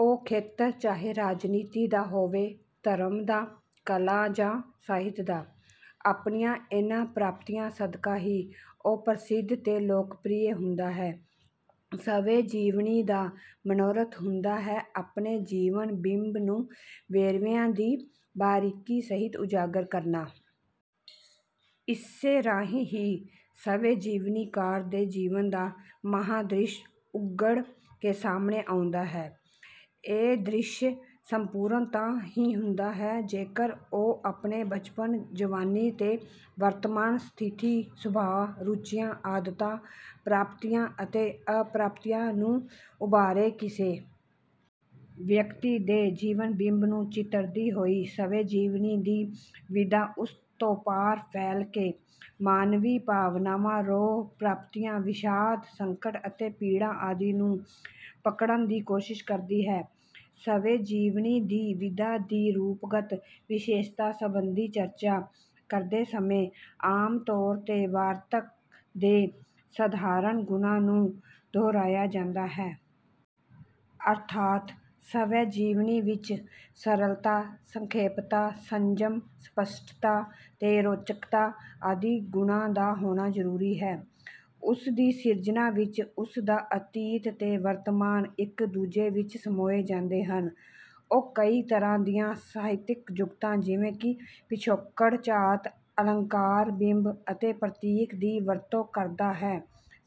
ਉਹ ਖੇਤਰ ਚਾਹੇ ਰਾਜਨੀਤੀ ਦਾ ਹੋਵੇ, ਧਰਮ ਦਾ, ਕਲਾ ਜਾਂ ਸਾਹਿਤ ਦਾ, ਆਪਣੀਆਂ ਇਨ੍ਹਾਂ ਪ੍ਰਾਪਤੀਆਂ ਸਦਕਾ ਹੀ ਉਹ ਪ੍ਰਸਿੱਧ ਤੇ ਲੋਕਪ੍ਰਿਯ ਹੁੰਦਾ ਹੈ। ਸਵੈ-ਜੀਵਨੀ ਦਾ ਮਨੋਰਥ ਹੁੰਦਾ ਹੈ ਆਪਣੇ ਜੀਵਨ-ਬਿੰਬ ਨੂੰ ਵੇਰਵਿਆਂ ਦੀ ਬਾਰੀਕੀ ਸਹਿਤ ਉਜਾਗਰ ਕਰਨਾ। ਇਸੇ ਰਾਹੀਂ ਹੀ ਸਵੈ-ਜੀਵਨੀਕਾਰ ਦੇ ਜੀਵਨ ਦਾ ਮਹਾਂਦ੍ਰਿਸ਼ ਉੱਘੜ ਕੇ ਸਾਹਮਣੇ ਆਉਂਦਾ ਹੈ। ਇਹ ਦ੍ਰਿਸ਼ ਸੰਪੂਰਨ ਤਾਂ ਹੀ ਹੁੰਦਾ ਹੈ ਜੇਕਰ ਉਹ ਆਪਣੇ ਬਚਪਨ, ਜਵਾਨੀ ਤੇ ਵਰਤਮਾਨ ਸਥਿਤੀ, ਸੁਭਾਅ, ਰੁਚੀਆਂ, ਆਦਤਾਂ, ਪ੍ਰਾਪਤੀਆਂ ਅਤੇ ਅਪ੍ਰਾਪਤੀਆਂ ਨੂੰ ਉਭਾਰੇ। ਕਿਸੇ ਵਿਅਕਤੀ ਦੇ ਜੀਵਨ-ਬਿੰਬ ਨੂੰ ਚਿਤਰਦੀ ਹੋਈ ਸਵੈ-ਜੀਵਨੀ ਦੀ ਵਿਧਾ ਉਸ ਤੋਂ ਪਾਰ ਫੈਲ ਕੇ ਮਾਨਵੀ ਭਾਵਨਾਵਾਂ, ਰੌਂਅ, ਪ੍ਰਾਪਤੀਆਂ, ਵਿਸ਼ਾਦ, ਸੰਕਟ ਅਤੇ ਪੀੜਾ ਆਦਿ ਨੂੰ ਪਕੜਣ ਦੀ ਕੋਸ਼ਿਸ਼ ਕਰਦੀ ਹੈ। ਸਵੈ-ਜੀਵਨੀ ਦੀ ਵਿਧਾ ਦੀ ਰੂਪਗਤ ਵਿਸ਼ੇਸ਼ਤਾ ਸੰਬੰਧੀ ਚਰਚਾ ਕਰਦੇ ਸਮੇਂ ਆਮ ਤੌਰ ’ਤੇ ਵਾਰਤਕ ਦੇ ਸਾਧਾਰਨ ਗੁਣਾਂ ਨੂੰ ਦੁਹਰਾਇਆ ਜਾਂਦਾ ਹੈ। ਅਰਥਾਤ ਸਵੈ-ਜੀਵਨੀ ਵਿੱਚ ਸਰਲਤਾ, ਸੰਖੇਪਤਾ, ਸੰਜਮ, ਸਪੱਸ਼ਟਤਾ ਤੇ ਰੌਚਕਤਾ ਆਦਿ ਗੁਣਾਂ ਦਾ ਹੋਣਾ ਜ਼ਰੂਰੀ ਹੈ। ਉਸ ਦੀ ਸਿਰਜਣਾ ਵਿੱਚ ਉਸ ਦਾ ਅਤੀਤ ਤੇ ਵਰਤਮਾਨ ਇੱਕ-ਦੂਜੇ ਵਿੱਚ ਸਮੋਏ ਜਾਂਦੇ ਹਨ। ਉਹ ਕਈ ਤਰ੍ਹਾਂ ਦੀਆਂ ਸਾਹਿਤਕ ਜੁਗਤਾਂ, ਜਿਵੇਂ ਕਿ ਪਿਛੋਕੜ-ਝਾਤ, ਅਲੰਕਾਰ, ਬਿੰਬ ਅਤੇ ਪ੍ਰਤੀਕ ਦੀ ਵਰਤੋਂ ਕਰਦਾ ਹੈ।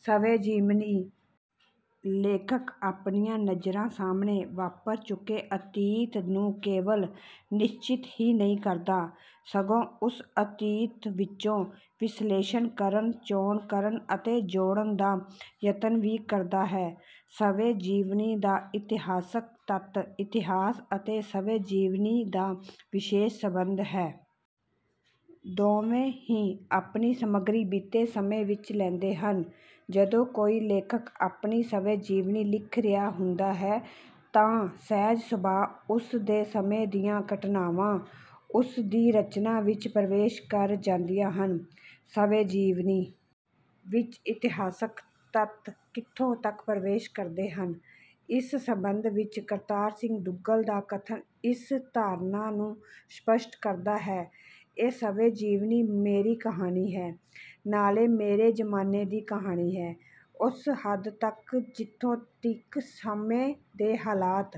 ਸਵੈ-ਜੀਵਨੀ ਲੇਖਕ ਆਪਣੀਆਂ ਨਜ਼ਰਾਂ ਸਾਹਮਣੇ ਵਾਪਰ ਚੁੱਕੇ ਅਤੀਤ ਨੂੰ ਕੇਵਲ ਨਿਸ਼ਚਿਤ ਹੀ ਨਹੀਂ ਕਰਦਾ, ਸਗੋਂ ਉਸ ਅਤੀਤ ਵਿੱਚੋਂ ਵਿਸ਼ਲੇਸ਼ਣ ਕਰਨ, ਚੋਣ ਕਰਨ ਅਤੇ ਜੋੜਨ ਦਾ ਯਤਨ ਵੀ ਕਰਦਾ ਹੈ।“ਸਵੈ-ਜੀਵਨੀ ਦਾ ਇਤਿਹਾਸਕ ਤੱਤ”ਇਤਿਹਾਸ ਅਤੇ ਸਵੈ-ਜੀਵਨੀ ਦਾ ਵਿਸ਼ੇਸ਼ ਸੰਬੰਧ ਹੈ। ਦੋਵੇਂ ਹੀ ਆਪਣੀ ਸਮੱਗਰੀ ਬੀਤੇ ਸਮੇਂ ਵਿੱਚੋਂ ਲੈਂਦੇ ਹਨ। ਜਦੋਂ ਕੋਈ ਲੇਖਕ ਆਪਣੀ ਸਵੈ-ਜੀਵਨੀ ਲਿਖ ਰਿਹਾ ਹੁੰਦਾ ਹੈ ਤਾਂ ਸਹਿਜ-ਸੁਭਾਅ ਉਸ ਦੇ ਸਮੇਂ ਦੀਆਂ ਘਟਨਾਵਾਂ ਉਸ ਦੀ ਰਚਨਾ ਵਿੱਚ ਪ੍ਰਵੇਸ਼ ਕਰ ਜਾਂਦੀਆਂ ਹਨ। ਸਵੈ-ਜੀਵਨੀ ਵਿੱਚ ਇਤਿਹਾਸਕ ਤੱਥ ਕਿੱਥੋਂ ਤੱਕ ਪ੍ਰਵੇਸ਼ ਕਰਦੇ ਹਨ, ਇਸ ਸੰਬੰਧ ਵਿੱਚ ਕਰਤਾਰ ਸਿੰਘ ਦੁੱਗਲ ਦਾ ਕਥਨ ਇਸ ਧਾਰਨਾ ਨੂੰ ਸਪੱਸ਼ਟ ਕਰਦਾ ਹੈ— “ਇਹ ਸਵੈ-ਜੀਵਨੀ ਮੇਰੀ ਕਹਾਣੀ ਹੈ। ਨਾਲੇ ਮੇਰੇ ਜ਼ਮਾਨੇ ਦੀ ਕਹਾਣੀ ਹੈ। ਉਸ ਹੱਦ ਤੱਕ ਜਿੱਥੋਂ ਤੀਕ ਸਮੇਂ ਦੇ ਹਾਲਾਤ…”